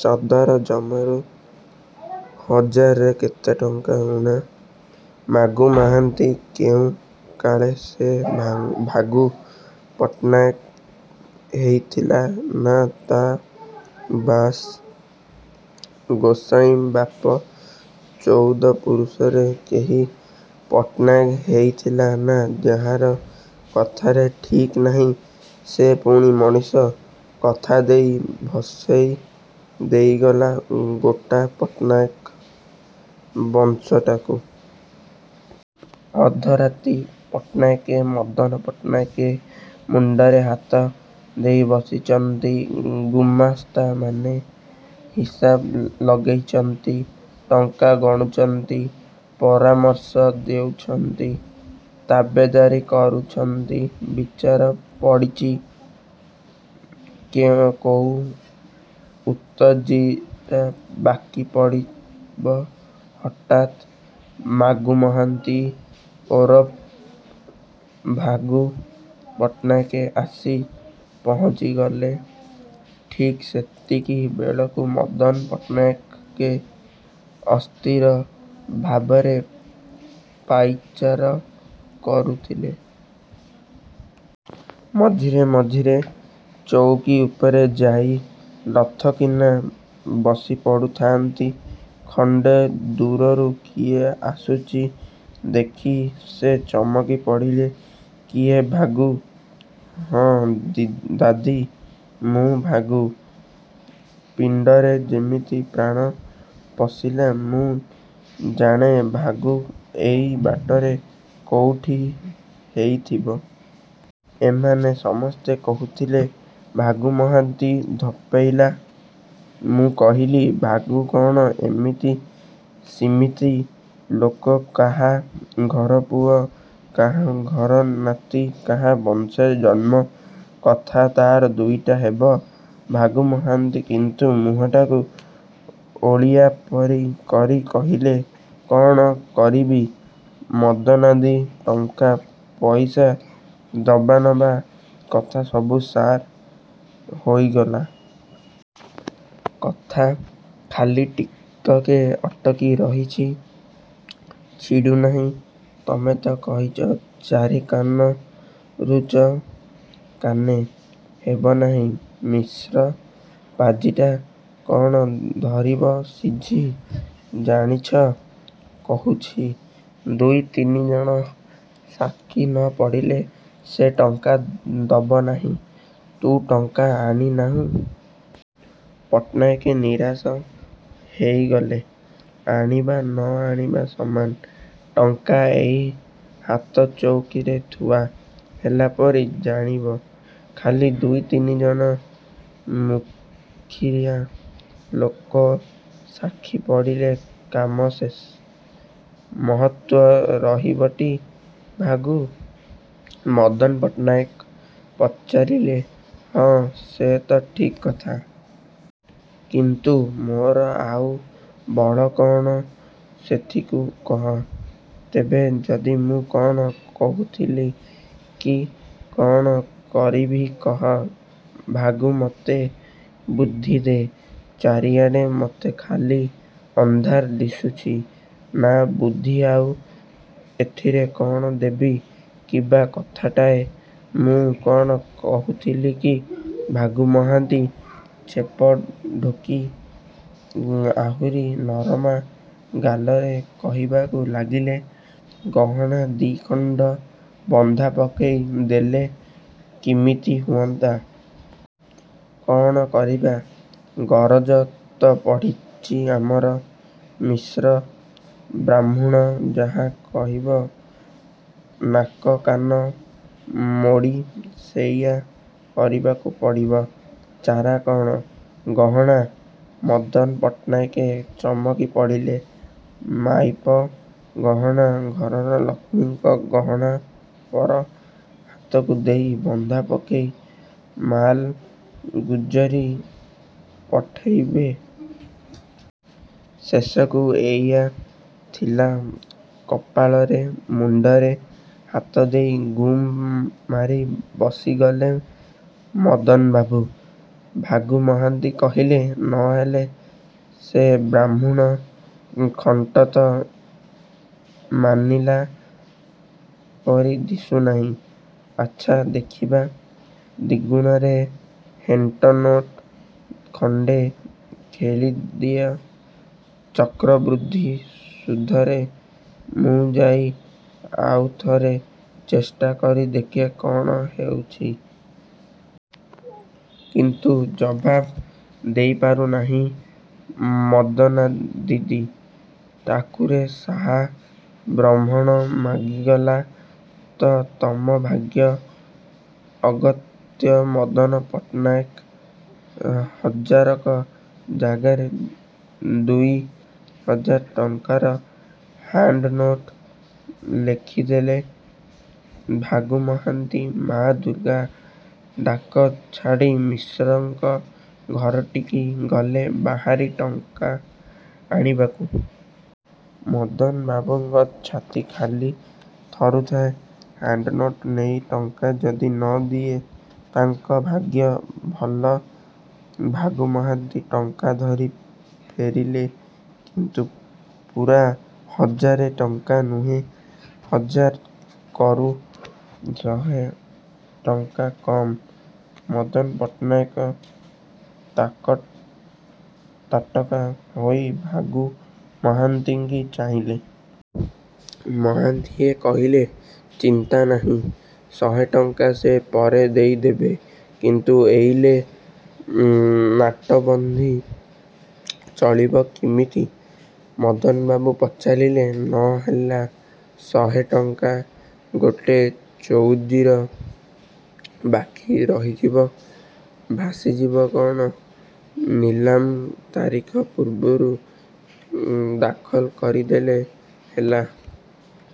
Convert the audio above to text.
ସଦର ଜମାରୁ ହଜାରେ କେତେ ଟଙ୍କା ଊଣା। ମାଗୁ ମହାନ୍ତି–କେଉଁ କାଳେ ସେ ଭ ଭାଗୁ ପଟ୍ଟନାୟକ ହେଇ ଥିଲା ନା–ତା' ବାସ ଗୋସାଇଁବାପ ଚଉଦ ପୁରୁଷରେ କେହି ପଟ୍ଟନାୟକ ହେଇଥିଲା ନା–ଯାହାର କଥାରେ ଠିକ୍ ନାହିଁ–ସେ ପୁଣି ମଣିଷ! କଥା ଦେଇ ଭସେଇ ଦେଇଗଲା–ଗୋଟା ପଟ୍ଟନାୟକ ବଂଶଟାକୁ। ଅଧରାତି। ପଟ୍ଟନାୟକେ–ମଦନ ପଟ୍ଟନାୟକେ ମୁଣ୍ଡରେ ହାତ ଦେଇ ବସିଚନ୍ତି। ଗୁମାସ୍ତାମାନେ ହିସାବ ଲଗେଇଚନ୍ତି, ଟଙ୍କା ଗଣୁଚନ୍ତି, ପରାମର୍ଶ ଦେଉଛନ୍ତି, ତାବେଦାରୀ କରୁଛନ୍ତି-। ବିଚାର ପଡ଼ିଚି, କୋଉ ତଉଜୀଟା ବାକି ପଡ଼ିବ। ହଠାତ ଭାଗୁ ମହାନ୍ତି ଓରଫ ଭାଗୁ ପଟ୍ଟନାୟକେ ଆସି ପହଞ୍ଚିଗଲେ। ଠିକ୍ ସେତିକି ବେଳକୁ ମଦନ ପଟ୍ଟନାୟକେ ଅସ୍ଥିର ଭାବରେ ପାଇଚାର କରୁଥିଲେ। ମଝିରେ ମଝିରେ ଚଉକି ଉପରେ ଯାଇ ଲଥ କିନା ବସି ପଡ଼ୁଥାନ୍ତି। ଖଣ୍ଡେ ଦୂରରୁ କିଏ ଆସୁଚି ଦେଖି ସେ ଚମକି ପଡ଼ିଲେ–''କିଏ ଭାଗୁ? '' ''ହଁ ଦାଦି, ମୁଁ ଭାଗୁ। '' ପିଣ୍ଡରେ ଯେମିତି ପ୍ରାଣ ପଶିଲା। ''ମୁଁ ଜାଣେ ଭାଗୁ ଏଇ ବାଟରେ କୋଉଠି ହେଇଥିବ। ଏମାନେ ସମସ୍ତେ କହୁଥିଲେ ଭାଗୁ ମହାନ୍ତି ଧପେଇଲା। ମୁଁ କହିଲି, ଭାଗୁ କ'ଣ ଇମିତି ସିମିତି ଲୋକ–କାହା ଘର ପୁଅ, କାହା ଘର ନାତି, କାହା ବଂଶରେ ଜନ୍ମ–କଥା ତା'ର ଦୁଇଟା ହେବ? '' ଭାଗୁ ମହାନ୍ତି କିନ୍ତୁ ମୁହଁଟାକୁ ଓଳିଆ ପରି କରି କହିଲେ–କ'ଣ କରିବି ମଦନାଦି, ଟଙ୍କା ପଇସା ଦବାନବା କଥା ସବୁ ସାର ହୋଇଗଲା। କଥା ଖାଲି ଟିକକେ ଅଟକି ରହିଛି। ଛିଡ଼ୁ ନାହିଁ। ତମେ ତ କହିଚ ଚାରି କାନରୁ ଛ' କାନେ ହେବନାହିଁ। ମିଶ୍ର ପାଜିଟା କ'ଣ ଧରିବସିଛି ଜାଣିଛ? କହୁଛି ଦୁଇ ତିନିଜଣ ସାକ୍ଷୀ ନ ପଡ଼ିଲେ ସେ ଟଙ୍କା ଦବ ନାହିଁ। '' ''ତୁ ଟଙ୍କା ଆଣି ନାହୁଁ? ପଟ୍ଟନାୟକେ ନିରାଶ ହେଇଗଲେ। ''ଆଣିବା ନ ଆଣିବା ସମାନ। ଟଙ୍କା ଏଇ ହାତଚଉକିରେ ଥୁଆ ହେଲାପରି ଜାଣିବ, ଖାଲି ଦୁଇ ତିନିଜଣ ମୁଖିଆ ଲୋକ ସାକ୍ଷୀ ପଡ଼ିଲେ କାମ ଶେଷ। '' ''ମହତ୍ତ୍ୱ ରହିବଟି ଭାଗୁ? '' ମଦନ ପଟ୍ଟନାୟକ ପଚାରିଲେ। ''ହଁ, ସେ ତ ଠିକ୍ କଥା। କିନ୍ତୁ ମୋର ଆଉ ବଳ କ'ଣ ସେଥିକୁ କହ। ତେବେ–ଯଦି–ମୁଁ କ'ଣ କହୁଥିଲି କି–''। ''କ'ଣ କରିବି କହ ଭାଗୁ–ମୋତେ ବୁଦ୍ଧିଦେ–ଚାରିଆଡ଼େ ମୋତେ ଖାଲି ଅନ୍ଧାର ଦିଶୁଛି-। '' ''ନା, ବୁଦ୍ଧି ଆଉ ଏଥିରେ କ'ଣ ଦେବି। କିବା କଥାଟାଏ। ମୁଁ କ'ଣ କହୁଥିଲି କି–'' ଭାଗୁ ମହାନ୍ତି ଛେପ ଢୋକି ଆହୁରି ନରମା ଗଳାରେ କହିବାକୁ ଲାଗିଲେ, ''ଗହଣା ଦି'ଖଣ୍ଡ ବନ୍ଧା ପକେଇ ଦେଲେ କିମିତି ହୁଅନ୍ତା। କ'ଣ କରିବା? ଗରଜ ତ ପଡ଼ିଚି ଆମର, ମିଶ୍ର ବାହ୍ମୁଣ ଯାହା କହିବ ନାକ କାନ ମୋଡ଼ି ସେଇୟା କରିବାକୁ ପଡ଼ିବ। ଚାରା କ'ଣ? '' ଗହଣା! ମଦନ ପଟ୍ଟନାୟେକେ ଚମକି ପଡ଼ିଲେ। ମାଇପ ଗହଣା–ଘରର ଲକ୍ଷ୍ମୀଙ୍କ ଗହଣା ପର ହାତକୁ ଦେଇ, ବନ୍ଧା ପକେଇ ମାଲ୍ ଗୁଜ୍ଜରୀ ପଟେଇବେ! ଶେଷକୁ ଏଇୟା ଥିଲା କପାଳରେ। ମୁଣ୍ଡରେ ହାତଦେଇ ଗୁମ୍ ମାରି ବସିଗଲେ ମଦନବାବୁ। ଭାଗୁ ମହାନ୍ତି କହିଲେ, ''ନ ହେଲେ–ସେ ବାହ୍ମୁଣ ଖଣ୍ଟ ତ ମାନିଲା ପରି ଦିଶୁ ନାହିଁ–ଆଚ୍ଛା, ଦେଖିବା, ଦିଗୁଣାରେ ହେଣ୍ଡନୋଟ ଖଣ୍ଡେ ଲେଖିଦିଅ ଚକ୍ରବୃଦ୍ଧି ସୁଧରେ–ମୁଁ ଯାଇ ଆଉଥରେ ଚେଷ୍ଟା କରି ଦେଖେ କ'ଣ ହେଉଛି। କିନ୍ତୁ ଜବାବ ଦେଇପାରୁ ନାହିଁ ମଦନାଦାଦି। ''ଠାକୁରେ ସାହା। ବ୍ରାହ୍ମଣ ମଙ୍ଗିଗଲା ତ ତମ ଭାଗ୍ୟ। '' ଅଗତ୍ୟା ମଦନ ପଟ୍ଟନାୟକ ହଜାରକ ଜାଗାରେ ଦୁଇ ହଜାର ଟଙ୍କାର ହ୍ୟାଣ୍ଡନୋଟ ଲେଖିଦେଲେ। ଭାଗୁ ମହାନ୍ତି 'ମା ଦୁର୍ଗା! ' ଡାକ ଛାଡ଼ି ମିଶ୍ରଙ୍କ ଘରଠିକି ଗଲେ ବାହାରି ଟଙ୍କା ଆଣିବାକୁ। ମଦନବାବୁଙ୍କ ଛାତି ଖାଲି ଥରୁଥାଏ। ହ୍ୟାଣ୍ଡନୋଟ ନେଇ ଟଙ୍କା ଯଦି ନ ଦିଏ। ତାଙ୍କ ଭାଗ୍ୟ ଭଲ–ଭାଗୁ ମହାନ୍ତି ଟଙ୍କା ଧରି ଫେରିଲେ। କିନ୍ତୁ ପୂରା ହଜାରେ ଟଙ୍କା ନୁହେଁ। ହଜାର କରୁ ଶହେ ଟଙ୍କା କମ୍। ମଦନ ପଟ୍ଟନାୟକ ତାଟକା ହୋଇ ଭାଗୁ ମହାନ୍ତିଙ୍କି ଚାହିଁଲେ। ମହାନ୍ତିଏ କହିଲେ–''ଚିନ୍ତା ନାହିଁ–ଶହେ ଟଙ୍କା ସେ ପରେ ଦେଇ ଦେବେ। '' ''କିନ୍ତୁ ଏଇଲେ ନାଟବନ୍ଦୀ ଚଳିବ କିମିତି? '' ମଦନବାବୁ ପଚାରିଲେ। ''ନ ହେଲା, ଶହେ ଟଙ୍କା ଗୋଟେ ତଉଜୀର ବାକି ରହିଯିବ। ଭାସିଯିବ କ'ଣ? ନିଲାମ ତାରିଖ ପୂର୍ବରୁ ଦାଖଲ କରି ଦେଲେ ହେଲା।